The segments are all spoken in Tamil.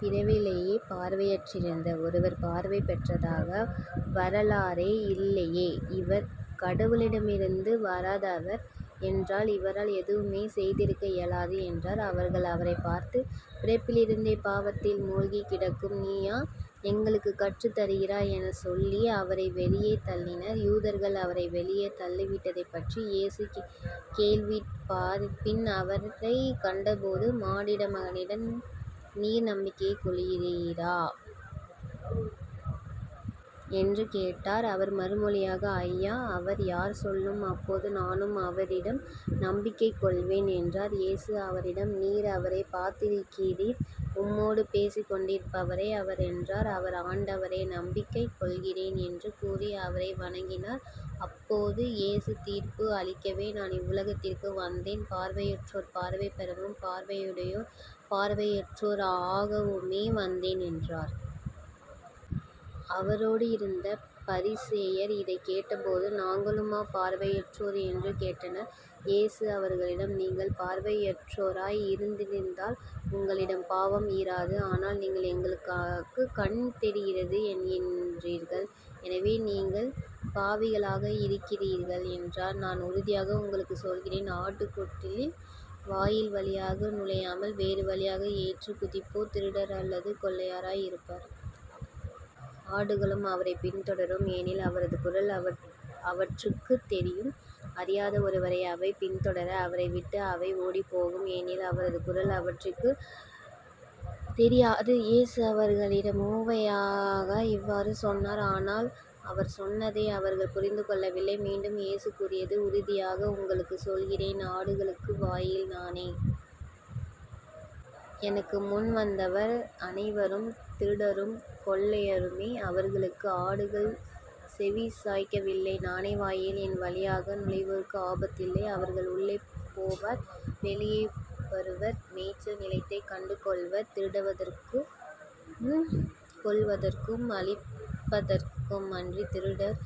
பிறவிலேயே பார்வையற்றிருந்த ஒருவர் பார்வை பெற்றதாக வரலாறே இல்லையே. இவர் கடவுளிடமிருந்து வராதவர் என்றால் இவரால் எதுவுமே செய்திருக்க இயலாது என்றார். அவர்கள் அவரைப் பார்த்து பிறப்பிலிருந்தே பாவத்தில் மூழ்கிக் கிடக்கும் நீயா எங்களுக்குக் கற்றுத் தருகிறாய்? என்று சொல்லி அவரை வெளியே தள்ளினர். யூதர்கள் அவரை வெளியே தள்ளிவிட்டதைப்பற்றி இயேசு கேள்விப்பட்டார் பின் அவரைக் கண்டபோது மானிடமகனிடம் நீர் நம்பிக்கை கொள்கிறீரா? என்று கேட்டார். அவர் மறுமொழியாக ஐயா அவர் யார்? சொல்லும். அப்போது நானும் அவரிடம் நம்பிக்கை கொள்வேன் என்றார். இயேசு அவரிடம் நீர் அவரைப் பார்த்திருக்கிறீர். உம்மோடு பேசிக்கொண்டிருப்பவரே அவர் என்றார். அவர் ஆண்டவரே நம்பிக்கைகொள்கிறேன் என்று கூறி அவரை வணங்கினார். அப்போது இயேசு தீர்ப்பு அளிக்கவே நான் இவ்வுலகிற்கு வந்தேன் பார்வையற்றோர் பார்வை பெறவும் பார்வையுடையோர் பார்வையற்றோர் ஆகவுமே வந்தேன் என்றார். அவரோடு இருந்த பரிசேயர் இதைக் கேட்டபோது நாங்களுமா பார்வையற்றோர்? என்று கேட்டனர். இயேசு அவர்களிடம் நீங்கள் பார்வையற்றோராய் இருந்திருந்தால் உங்களிடம் பாவம் இராது. ஆனால் நீங்கள் எங்களுக்குக் கண் தெரிகிறது என்கிறீர்கள். எனவே நீங்கள் பாவிகளாகவே இருக்கிறீர்கள் என்றார். நான் உறுதியாக உங்களுக்குச் சொல்கிறேன் ஆட்டுக் கொட்டிலில் வாயில் வழியாக நுழையாமல் வேறு வழியாக ஏறிக் குதிப்போர் திருடர் அல்லது கொள்ளையராய் இருப்பர். ஆடுகளும் அவரைப் பின்தொடரும். ஏனெனில் அவரது குரல் அவற்றுக்குத் தெரியும். அறியாத ஒருவரை அவை பின்தொடரா. அவரை விட்டு அவை ஓடிப்போகும். ஏனெனில் அவரது குரல் அவற்றுக்குத் தெரியாது. இயேசு அவர்களிடம் உவமையாக இவ்வாறு சொன்னார். ஆனால் அவர் சொன்னதை அவர்கள் புரிந்து கொள்ளவில்லை. மீண்டும் இயேசு கூறியது உறுதியாக உங்களுக்குச் சொல்கிறேன் ஆடுகளுக்கு வாயில் நானே. எனக்கு முன்பு வந்தவர் அனைவரும் திருடரும் கொள்ளையருமே. அவர்களுக்கு ஆடுகள் செவிசாய்க்கவில்லை. நானே வாயில். என் வழியாக நுழைவோருக்கு ஆபத்து இல்லை. அவர்கள் உள்ளே போவர் வெளியே வருவர் மேய்ச்சல் நிலத்தைக் கண்டுகொள்வர். திருடுவதற்கும் கொல்வதற்கும் அழிப்பதற்குமன்றித் திருடர்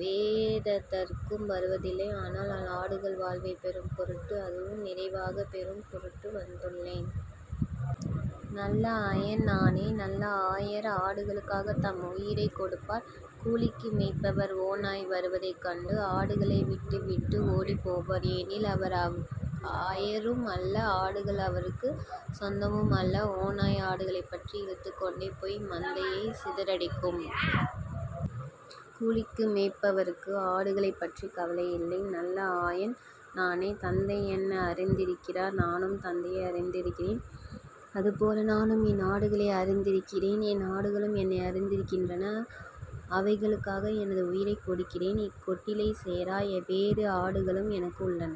வேறெதற்கும் வருவதில்லை. ஆனால் நான் ஆடுகள் வாழ்வைப் பெறும்பொருட்டு அதுவும் நிறைவாகப் பெறும் பொருட்டு வந்துள்ளேன். நல்ல ஆயன் நானே. நல்ல ஆயர் ஆடுகளுக்காகத் தம் உயிரைக் கொடுப்பார். "கூலிக்கு மேய்ப்பவர் ஓநாய் வருவதைக் கண்டு ஆடுகளை விட்டு விட்டு ஓடிப்போவார். ஏனெனில் அவர் ஆயரும் அல்ல ஆடுகள் அவருக்குச் சொந்தமும் அல்ல ஓநாய் ஆடுகளைப் பற்றிப் இழுத்துக்கொண்டு போய் மந்தையைச் சிதறடிக்கும். கூலிக்கு மேய்ப்பவருக்கு ஆடுகளைப்பற்றி கவலை இல்லை. நல்ல ஆயன் நானே. தந்தை என்னை அறிந்திருக்கிறார் நானும் தந்தையை அறிந்திருக்கிறேன். அதுபோல நானும் என் ஆடுகளை அறிந்திருக்கிறேன் என் ஆடுகளும் என்னை அறிந்திருக்கின்றன. அவைகளுக்காக எனது உயிரைக் கொடுக்கிறேன். இக்கொட்டிலைச் சேரா வேறு ஆடுகளும் எனக்கு உள்ளன.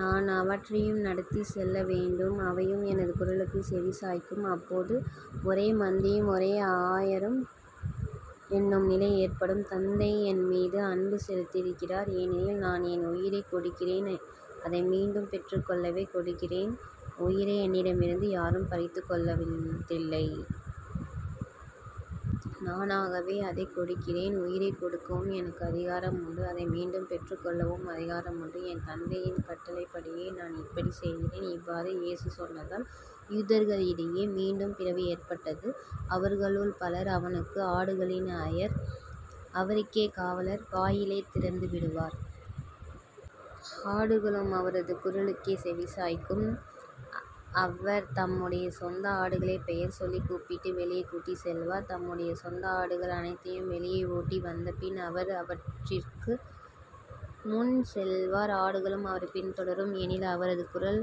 நான் அவற்றையும் நடத்திச் செல்லவேண்டும். அவையும் எனது குரலுக்குச் செவி சாய்க்கும். அப்போது ஒரே மந்தையும் ஒரே ஆயரும் என்னும் நிலை ஏற்படும். தந்தை என்மீது அன்பு செலுத்துகிறார். ஏனெனில் நான் என் உயிரைக் கொடுக்கிறேன் அதை மீண்டும் பெற்றுக்கொள்ளவே கொடுக்கிறேன். உயிரை என்னிடமிருந்து யாரும் பறித்துக் கொள்வதில்லை. நானாகவே அதைக் கொடுக்கிறேன். உயிரைக் கொடுக்கவும் எனக்கு அதிகாரம் உண்டு அதை மீண்டும் பெற்றுக் கொள்ளவும் அதிகாரம் உண்டு. என் தந்தையின் கட்டளைப்படியே நான் இப்படிச் செய்கிறேன். இவ்வாறு இயேசு சொன்னதால் யூதர்களிடையே மீண்டும் பிளவு ஏற்பட்டது. அவர்களுள் பலர் அவனுக்குப் ஆடுகளின் ஆயர். அவருக்கே காவலர் வாயிலைத் திறந்துவிடுவார். ஆடுகளும் அவரது குரலுக்கே செவிசாய்க்கும். அவர் தம்முடைய சொந்த ஆடுகளைப் பெயர் சொல்லிக் கூப்பிட்டு வெளியே கூட்டிச் செல்வார். தம்முடைய சொந்த ஆடுகள் அனைத்தையும் வெளியே ஓட்டி வந்தபின் அவர் அவற்றிற்கு முன் செல்வார். ஆடுகளும் அவரைப் பின்தொடரும். ஏனெனில் அவரது குரல்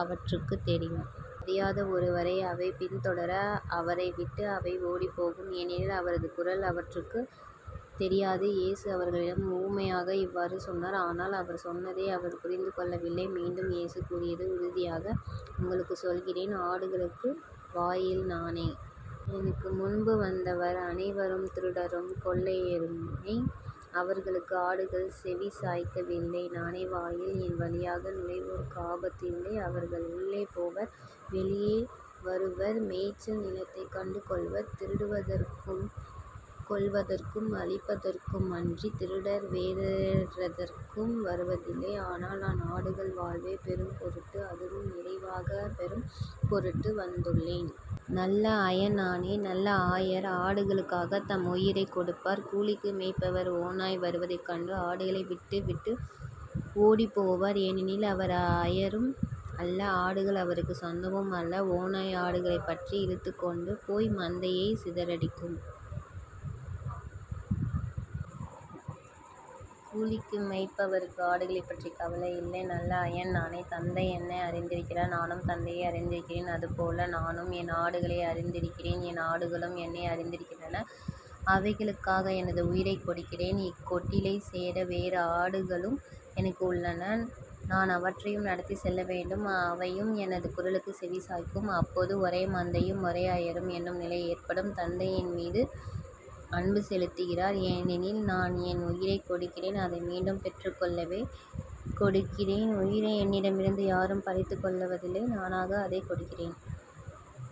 அவற்றுக்குத் தெரியும். அறியாத ஒருவரை அவை பின்தொடரா. அவரை விட்டு அவை ஓடிப்போகும். ஏனெனில் அவரது குரல் அவற்றுக்குத் தெரியாது. இயேசு அவர்களிடம் உவமையாக இவ்வாறு சொன்னார். ஆனால் அவர் சொன்னதை அவர்கள் புரிந்து கொள்ளவில்லை. மீண்டும் இயேசு கூறியது உறுதியாக உங்களுக்குச் சொல்கிறேன் ஆடுகளுக்கு வாயில் நானே. எனக்கு முன்பு வந்தவர் அனைவரும் திருடரும் கொள்ளையருமே. அவர்களுக்கு ஆடுகள் செவிசாய்க்கவில்லை. நானே வாயில். என் வழியாக நுழைவோருக்கு ஆபத்து இல்லை. அவர்கள் உள்ளே போவர் வெளியே வருவர் மேய்ச்சல் நிலத்தைக் கண்டுகொள்வர். திருடுவதற்கும் கொல்வதற்கும் அழிப்பதற்குமன்றித் திருடர் வேறெதற்கும் வருவதில்லை. ஆனால் நான் ஆடுகள் வாழ்வைப் பெறும்பொருட்டு அதுவும் நிறைவாகப் பெறும் பொருட்டு வந்துள்ளேன். நல்ல ஆயன் நானே. நல்ல ஆயர் ஆடுகளுக்காகத் தம் உயிரைக் கொடுப்பார். "கூலிக்கு மேய்ப்பவர் ஓநாய் வருவதைக் கண்டு ஆடுகளை விட்டு விட்டு ஓடிப்போவார். ஏனெனில் அவர் ஆயரும் அல்ல ஆடுகள் அவருக்குச் சொந்தமும் அல்ல ஓநாய் ஆடுகளைப் பற்றிப் இழுத்துக்கொண்டு போய் மந்தையைச் சிதறடிக்கும். கூலிக்கு மேய்ப்பவருக்கு ஆடுகளைப்பற்றி கவலை இல்லை. நல்ல ஆயன் நானே. தந்தை என்னை அறிந்திருக்கிறார் நானும் தந்தையை அறிந்திருக்கிறேன். அதுபோல நானும் என் ஆடுகளை அறிந்திருக்கிறேன் என் ஆடுகளும் என்னை அறிந்திருக்கின்றன. அவைகளுக்காக எனது உயிரைக் கொடுக்கிறேன். இக்கொட்டிலைச் சேரா வேறு ஆடுகளும் எனக்கு உள்ளன. நான் அவற்றையும் நடத்திச் செல்லவேண்டும். அவையும் எனது குரலுக்குச் செவி சாய்க்கும். அப்போது ஒரே மந்தையும் ஒரே ஆயரும் என்னும் நிலை ஏற்படும். தந்தை என்மீது அன்பு செலுத்துகிறார். ஏனெனில் நான் என் உயிரைக் கொடுக்கிறேன் அதை மீண்டும் பெற்றுக்கொள்ளவே கொடுக்கிறேன். உயிரை என்னிடமிருந்து யாரும் பறித்துக் கொள்வதில்லை. நானாகவே அதைக் கொடுக்கிறேன்.